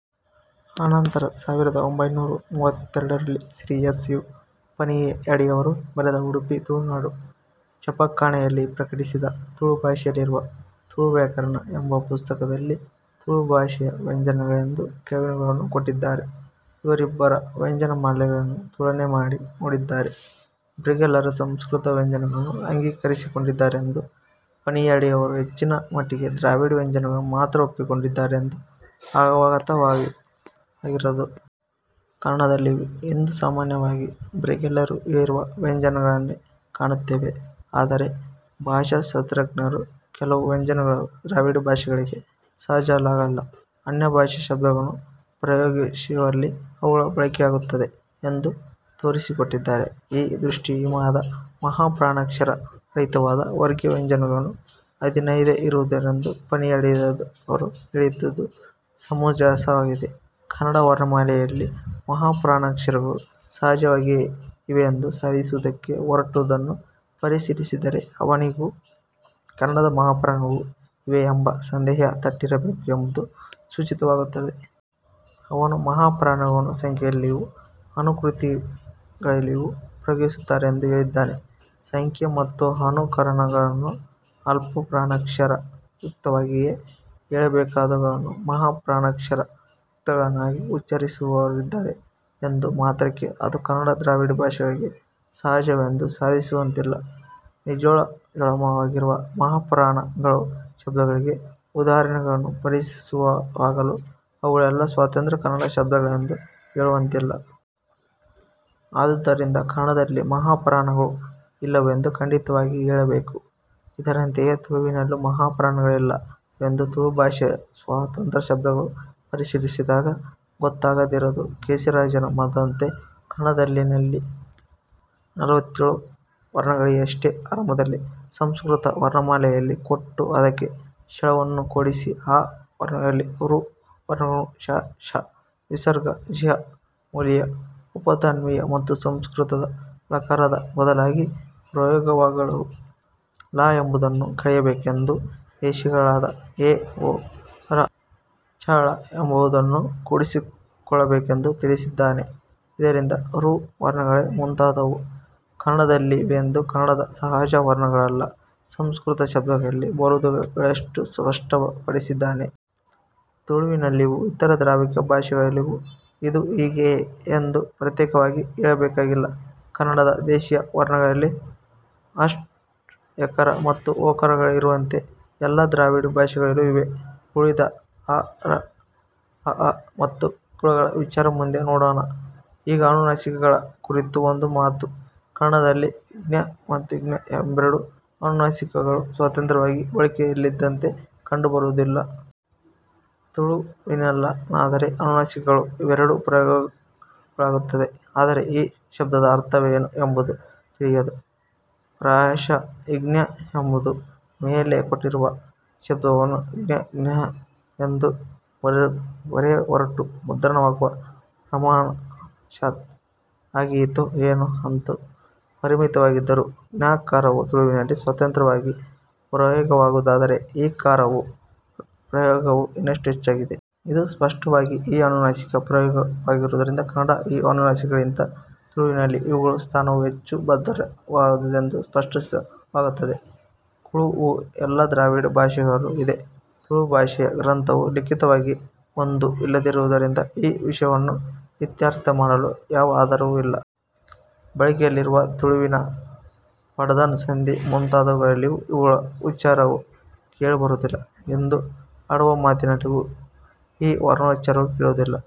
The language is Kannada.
ಅನಂತರ ಸಾವಿರದ ಒಂಭೈನೂರ ಮೂವತ್ತೆರಡರಲ್ಲಿ ಶ್ರೀ ಎಸ್. ಯು. ಪಣಿಯಾಡಿಯವರು ಬರೆದು ಉಡುಪಿ ತುಳುನಾಡು ಛಾಪಖಾನೆಯಲ್ಲಿ ಪ್ರಕಟಿಸಿದ ತುಳು ಭಾಷೆಯಲ್ಲಿರುವ 'ತುಳು ವ್ಯಾಕರಣ' ಎಂಬ ಪುಸ್ತಕದಲ್ಲಿ ತುಳು ಭಾಷೆಯ ವ್ಯಂಜನಗಳೆಂದು ಕೆಳಗಿನವುಗಳನ್ನು ಕೊಟ್ಟಿದ್ದಾರೆ. ಇವರಿಬ್ಬರ ವ್ಯಂಜನಮಾಲೆಗಳನ್ನು ತುಲನೆ ಮಾಡಿ ನೋಡಿದರೆ, ಬ್ರಿಗೆಲ್ಲರು ಸಂಸ್ಕೃತದ ವ್ಯಂಜನಗಳನ್ನು ಅಂಗೀಕರಿಸಿಕೊಂಡಿದ್ದಾರೆಂದೂ ಪಣಿಯಾಡಿಯವರು ಹೆಚ್ಚಿನ ಮಟ್ಟಿಗೆ ದ್ರಾವಿಡ ವ್ಯಂಜನಗಳನ್ನು ಮಾತ್ರ ಒಪ್ಪಿಕೊಂಡಿದ್ದಾರೆಂದೂ ಅವಗತವಾಗದಿರದು. ಕನ್ನಡದಲ್ಲಿಯೂ ಇಂದು ಸಾಮಾನ್ಯವಾಗಿ ಬ್ರಿಗೆಲ್ಲರು ಹೇಳಿರುವ ವ್ಯಂಜನಗಳನ್ನೇ ಕಾಣುತ್ತೇವೆ. ಆದರೆ ಭಾಷಾಶಾಸ್ತ್ರಜ್ಞರು, ಕೆಲವು ವ್ಯಂಜನಗಳು ದ್ರಾವಿಡ ಭಾಷೆಗಳಿಗೆ ಸಹಜಗಳಲ್ಲ, ಅನ್ಯಭಾಷಾ ಶಬ್ದಗಳನ್ನು ಪ್ರಯೋಗಿಸುವಲ್ಲಿ ಅವುಗಳ ಬಳಕೆಯಾಗುತ್ತದೆ ಎಂದು ತೋರಿಸಿಕೊಟ್ಟಿದ್ದಾರೆ. ಈ ದೃಷ್ಟಿಯಿಮದ ಮಹಾಪ್ರಾಣಾಕ್ಷರ ರಹಿತವಾದ ವರ್ಗೀಯ ವ್ಯಂಜನಗಳು ಹದಿನೈದೇ ಇರುವುದೆಂದು ಪಣಿಯಾಡಿಯವರು ಹೇಳಿದುದು ಸಮಂಜಸವಾಗಿದೆ. ಕನ್ನಡ ವರ್ಣಮಾಲೆಯಲ್ಲಿ ಮಹಾಪ್ರಾಣಾಕ್ಷರಗಳು ಸಹಜವಾಗಿಯೇ ಇವೆಯೆಂದು ಸಾಧಿಸುವುದಕ್ಕೆ ಹೊರಟುದನ್ನು ಪರಿಶೀಲಿಸಿದರೆ ಅವನಿಗೂ ಕನ್ನಡದಲ್ಲಿ ಮಹಾಪ್ರಾಣಗಳು ಇವೆಯೇ ಎಂಬ ಸಂದೇಹ ತಟ್ಟಿರಬೇಕು ಎಂಬುದು ಸೂಚಿತವಾಗುತ್ತದೆ. ಅವನು ಮಹಾ ಪ್ರಾಣಗಳನ್ನು ಸಂಖ್ಯೆಯಲ್ಲಿಯೂ ಅನುಕೃತಿಗಳಲ್ಲಿಯೂ ಪ್ರಯೋಗಿಸುತ್ತಾರೆಂದೂ ಹೇಳಿದ್ದಾನೆ. ಸಂಖ್ಯೆ ಮತ್ತು ಅನುಕರಣಗಳನ್ನು ಅಲ್ಪಪ್ರಾಣಾಕ್ಷರಯುಕ್ತವಾಗಿಯೇ ಹೇಳಬೇಕಾದವುಗಳನ್ನು ಮಹಾಪ್ರಾಣಾಕ್ಷರಯುಕ್ತಗಳನ್ನಾಗಿ ಉಚ್ಚರಿಸುವವರಿದ್ದಾರೆ ಎಂದ ಮಾತ್ರಕ್ಕೆ ಅವು ಕನ್ನಡಕ್ಕೆ ದ್ರಾವಿಡ ಭಾಷೆಗಳಿಗೆ ಸಹಜವೆಂದು ಸಾಧಿಸುವಂತಿಲ್ಲ. 'ನಿಜೋಜ್ವಳಮಾಗಿ'ರುವ ಮಹಾಪ್ರಾಣ ಗಳುಳ್ಳ ಶಬ್ದಗಳಿಗೆ ಉದಾಹರಣೆಗಳನ್ನು ಪರಿಶೀಲಿಸುವಾಗಲೂ ಅವುಗಳೆಲ್ಲ ಸ್ವತಂತ್ರ ಕನ್ನಡ ಶಬ್ದಗಳೆಂದು ಹೇಳುವಂತಿಲ್ಲ. ಆದುದರಿಂದ ಕನ್ನಡದಲ್ಲಿ ಮಹಾಪ್ರಾಣಗಳು ಇಲ್ಲವೆಂದು ಖಂಡಿತವಾಗಿ ಹೇಳಬೇಕು. ಇದರಂತೆಯೇ ತುಳುವಿನಲ್ಲೂ ಮಹಾಪ್ರಾಣಗಳಿಲ್ಲ ವೆಂದು ತುಳು ಭಾಷೆಯ ಸ್ವತಂತ್ರ ಶಬ್ದಗಳನ್ನು ಪರಿಶೀಲಿಸಿದಾಗ ಗೊತ್ತಾಗದಿರದು. ಕೇಶಿರಾಜನ ಮತದಂತೆ ಕನ್ನಡದಲ್ಲಿ ನಲುವತ್ತೇಳು ವರ್ಣಗಳಿವೆಯಷ್ಟೆ. ಆರಂಭದಲ್ಲಿ ಸಂಸ್ಕೃತ ವರ್ಣಮಾಲೆಯಲ್ಲಿ ಕೊಟ್ಟು ಅದಕ್ಕೆ ಕ್ಷಳವನ್ನು ಕೂಡಿಸಿ ಆ ವರ್ಣಗಳಲ್ಲಿ ಋ ವರ್ಣಗಳನ್ನು ಶ, ಷ, ವಿಸರ್ಗ, ಜಿಹ್ವಾ ಮೂಲೀಯ ಉಪಧ್ಮಾನೀಯ ಮತ್ತು ಸಂಸ್ಕೃತದ ಲಕಾರದ ಬದಲಾಗಿ ಪ್ರಯೋಗವಾಗುವ ಳ ಎಂಬುದನ್ನೂ ಕಳೆಯಬೇಕೆಂದು ದೇಶೀಯಗಳಾದ ಎ, ಓ, ಱ, ೞ ಮತ್ತು ಳ ಎಂಬವುಗಳನ್ನು ಕೂಡಿಸಿಕೊಳ್ಳಬೇಕೆಂದೂ ತಿಳಿಸಿದ್ದಾನೆ ಇದರಿಂದ ಋ ವರ್ಣಗಳೇ ಮುಂತಾದವು ಕನ್ನಡದಲ್ಲಿಲ್ಲವೆಂದು ಕನ್ನಡದ ಸಹಜ ವರ್ಣಗಳಲ್ಲ, ಸಂಸ್ಕೃತ ಶಬ್ದಗಳಲ್ಲಿ ಬರುವುವುಗಳೆಂದು ಸ್ಪಷ್ಟಪಡಿಸಿದ್ದಾನೆ. ತುಳುವಿನಲ್ಲಿಯೂ ಇತರ ದ್ರಾವಿಡ ಭಾಷೆಗಳಲ್ಲಿಯೂ ಇದು ಹೀಗೆಯೇ ಎಂದು ಪ್ರತ್ಯೇಕವಾಗಿ ಹೇಳಬೇಕಾಗಿಲ್ಲ. ಕನ್ನಡದ ದೇಸೀಯ ವರ್ಣಗಳಲ್ಲಿ ಹ್ರಸ್ಟ ಎಕಾರ ಮತ್ತು ಒಕಾರಗಳಿರುವಂತೆ ಎಲ್ಲ ದ್ರಾವಿಡ ಭಾಷೆಗಳಲ್ಲೂ ಇವೆ. ಉಳಿದ ಅಱ, ಱೞ, ಮತ್ತು ಕುಳಗಳ ವಿಚಾರ ಮುಂದೆ ನೋಡೋಣ. ಈಗ ಅನುನಾಸಿಕಗಳ ಕುರಿತು ಒಂದು ಮಾತು:- ಕನ್ನಡದಲ್ಲಿ ಙ ಮತ್ತು ಞ ಎಂಬೆರಡು ಅನುನಾಸಿಕಗಳು ಸ್ವತಂತ್ರವಾಗಿ ಬಳಕೆಯಲ್ಲಿದ್ದಂತೆ ಕಂಡುಬರುವುದಿಲ್ಲ. ತುಳುವಿನಲ್ಲಾದರೆ ಅನುನಾಸಿಕಗಳೂ ಇವೆರಡೂ ಪ್ರಯೋಗಗೋಳ್ಳುತ್ತವೆ. ಆದರೆ ಈ ಶಬ್ದದ ಅರ್ಥವೇನು ಎಂಬುದು ತಿಳಿಯದು. ಪ್ರಾಯಶಃ ಞಙ್ಙಿ ಎಂದು ಮೇಲೆ ಕೊಟ್ಟಿರುವ ಶಬ್ದವನ್ನು ಞಙ್ ಎಂದು ಬರೆಯಹೊರಟು, ಮುದ್ರಣವಾಗುವಾಗ ಪ್ರಮಾದವಶಾತ್ ಹಾಗಾಯಿತೋ ಏನೋ! ಅಂತೂ ಪರಿಮಿತವಾಗಿಯಾದರೂ ಙಕಾರವು ತುಳುವಿನಲ್ಲಿ ಸ್ವತಂತ್ರವಾಗಿ ಪ್ರಯೋಗವಾಗುವುದಾದರೆ, ಞಕಾರದ ಪ್ರಯೋಗವು ಇನ್ನಷ್ಟು ಹೆಚ್ಚಾಗಿದೆ. ಇಷ್ಟು ಸ್ಪಷ್ಟವಾಗಿ ಈ ಅನುನಾಸಿಕ ಪ್ರಯೋಗವಿರುವುದರಿಂದ ಕನ್ನಡದ ಈ ಅನುನಾಸಿಕಗಳಿಗಿಂತ ತುಳುವಿನಲ್ಲಿ ಇವುಗಳ ಸ್ಥಾನವು ಹೆಚ್ಚು ಭದ್ರವಾದುದೆಂದು ಸ್ಪಷ್ಟವಾಗುತ್ತದೆ. ಕುಳ ವು ಎಲ್ಲ ದ್ರಾವಿಡ ಭಾಷೆಗಳಲ್ಲೂ ಇದೆ. ತುಳು ಭಷೆಯ ಗ್ರಂಥವು ಲಿಖಿತವಾಗಿ ಒಂದು ಇಲ್ಲದಿರುವುದರಿಂದ ಈ ವಿಷಯವನ್ನು ಇತ್ಯರ್ಥ ಮಾಡಲು ಯಾವ ಆಧಾರವೂ ಇಲ್ಲ. ಬಳಕೆಯಲ್ಲಿರುವ ತುಳುವಿನ ಪಾಡ್ದನ, ಸಂಧಿ ಮುಂತಾದವುಗಳಲ್ಲಿಯೂ ಇವುಗಳ ಉಚ್ಚಾರವು ಕೇಳ ಬರುವುದಿಲ್ಲ. ಇಂದು ಆಡುವ ಮಾತಿನಲ್ಲಿಯೂ ಈ ವರ್ಣೋಚ್ಚಾರವು ಕೇಳುವುದಿಲ್ಲ.